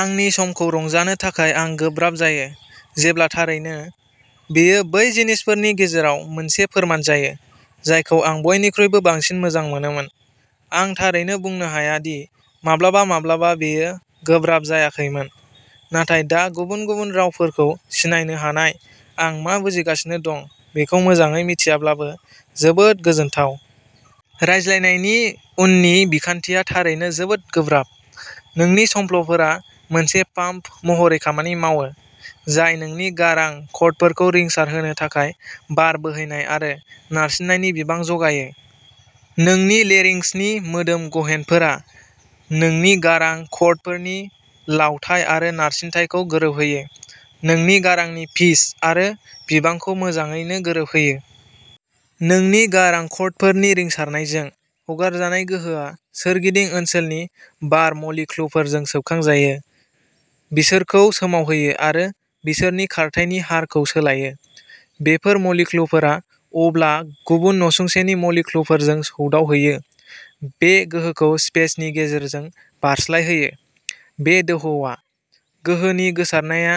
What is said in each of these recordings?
आंनि समखौ रंजानो थाखाय आं गोब्राब जायो, जेब्ला थारैनो, बेयो बै जिनिसफोरनि गेजेराव मोनसे फोरमान जायो जायखौ आं बयनिख्रुइबो बांसिन मोजां मोनोमोन। आं थारैनो बुंनो हाया दि माब्लाबा माब्लाबा बेयो गोब्राब जायाखैमोन, नाथाय दा गुबुन गुबुन रावफोरखौ सिनायनो हानाय, आं मा बुंजागासिनो दं बेखौ मोजाङै मिन्थियाब्लाबो, जोबोद गोजोनथाव। रायज्लायनायनि उननि बिखान्थिया थारैनो जोबोद गोब्राब। नोंनि संफ्ल'फोरा मोनसे पाम्प महरै खामानि मावो, जाय नोंनि गारां क'र्डफोरखौ रिंसारहोनो थाखाय बार बोहैनाय आरो नारसिननायनि बिबां जगायो। नोंनि लेरिंक्सनि मोदोम गेहेनफोरा नोंनि गारां क'र्डफोरनि लावथाइ आरो नारसिनथायखौ गोरोबहोयो, नोंनि गारांनि पिच आरो बिबांखौ मोजाङैनो गोरोबहोयो। नोंनि गारां क'र्डफोरनि रिंसारनायजों हगारजानाय गोहोआ सोरगिदिं ओनसोलनि बार मलिक्युलफोरजों सोबखांजायो, बिसोरखौ सोमावहोयो आरो बिसोरनि खारथायनि हारखौ सोलायो। बेफोर मलिक्युलफोरा अब्ला गुबुन नसुंसेनि मलिक्युलफोरजों सौदावहैयो, बे गोहोखौ स्पेसनि गेजेरजों बारस्लायहोयो। बे दोहौआ। गोहोनि गोसारनाया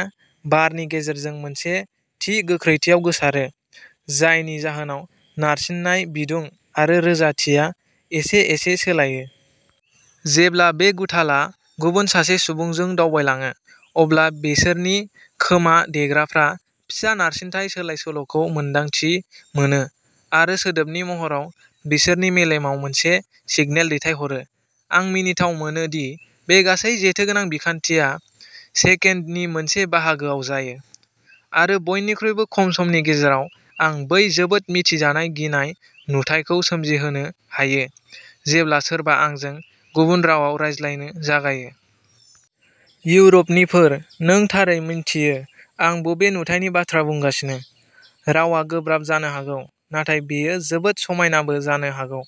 बारनि गेजेरजों मोनसे थि गोख्रैथियाव गोसारो, जायनि जाहोनाव नारसिननाय, बिदुं आरो रोजाथिया एसे एसे सोलायो। जेब्ला बे गुथालआ गुबुन सासे सुबुंजों दावबायलाङो, अब्ला बिसोरनि खोमा-देग्राफ्रा फिसा नारसिनथाय सोलाय-सोल'खौ मोन्दांथि मोनो आरो सोदोबनि महराव बिसोरनि मेलेमाव मोनसे सिगनेल दैथायहरो। आं मिनिथाव मोनो दि बे गासै जेथोगोनां बिखान्थिया सेकेन्दनि मोनसे बाहागोआव जायो, आरो बेनिख्रुइबो खम समनि गेजेराव आं बै जोबोद मिथिजानाय गिनाय नुथायखौ सोमजिहोनो हायो जेब्ला सोरबा आंजों गुबुन रावाव रायज्लायनो जागायो। इउर'पनिफोर, नों थारै मिन्थियो आं बबे नुथायनि बाथ्रा बुंगासिनो! रावआ गोब्राब जानो हागौ, नाथाय बेयो जोबोद समायनाबो जानो हागौ।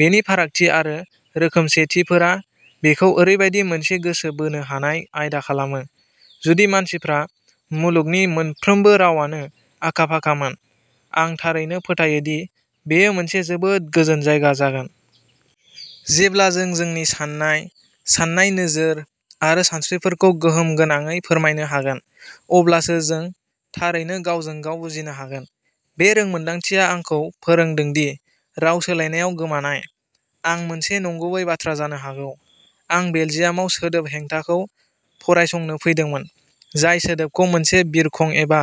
बेनि फारागथि आरो रोखोमसेथिफोरा बेखौ ओरैबायदि मोनसे गोसो बोनो हानाय आयदा खालामो। जुदि मानसिफ्रा मुलुगनि मोनफ्रोमबो रावावनो आखा-फाखामोन, आं थारैनो फोथायो दि बेयो मोनसे जोबोद गोजोन जायगा जागोन। जेब्ला जों जोंनि साननाय, साननाय, नोजोर आरो सानस्रिफोरखौ गोहोम गोनाङै फोरमायनो हागोन अब्लासो जों थारैनो गावजों-गाव बुजिनो हागोन। बे रोंमोन्दांथिया आंखौ फोरोंदों दि "राव सोलायनायाव गोमानाय" आ मोनसे नंगुबै बाथ्रा जानो हागौ। आं बेलजियामाव सोदोब हेंथाखौ फरायसंनो फैदोंमोन, जाय सोदोबखौ मोनसे बिरखं एबा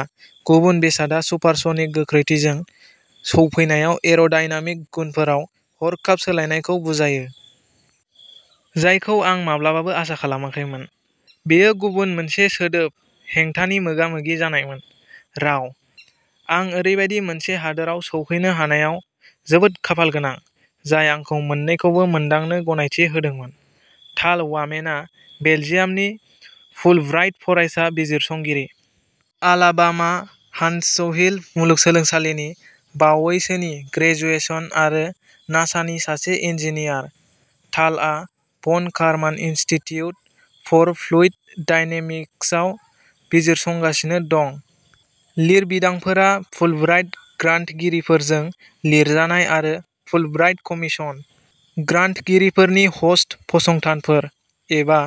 गुबुन बेसादआ सुपारस'निक गोख्रैथिजों सौफैनायाव एर'डायनेमिक गुनफोराव हरखाब सोलायनायखौ बुजायो। जायखौ आं माब्लाबाबो आसा खालामाखैमोन बेयो गुबुन मोनसे सोदोब हेंथानि मोगा-मोगि जानायमोनः राव। आं ओरैबायदि मोनसे हादोराव सौहैनो हानायाव जोबोद खाफालगोनां, जाय आंखौ मोन्नैखौबो मोनदांनो गनायथि होदोंमोन। टाल वामेना बेलजियामनि फुलब्राइट फरायसा बिजिरसंगिरि। आलाबामा-हान्टसभिल मुलुगसोलोंसालिनि बावैसोनि ग्रेजुएसन आरो नासानि सासे इन्जिनियार, टालआ von Karman Institute for Fluid डायनेमिक्सआव बिजिरसंगासिनो दं। लिरबिदांफोरा फुलब्राइट ग्रान्टगिरिफोरजों लिरजानाय आरो फुलब्राइट कमिसन, ग्रान्टगिरिफोरनि ह'स्ट फसंथानफोर, एबा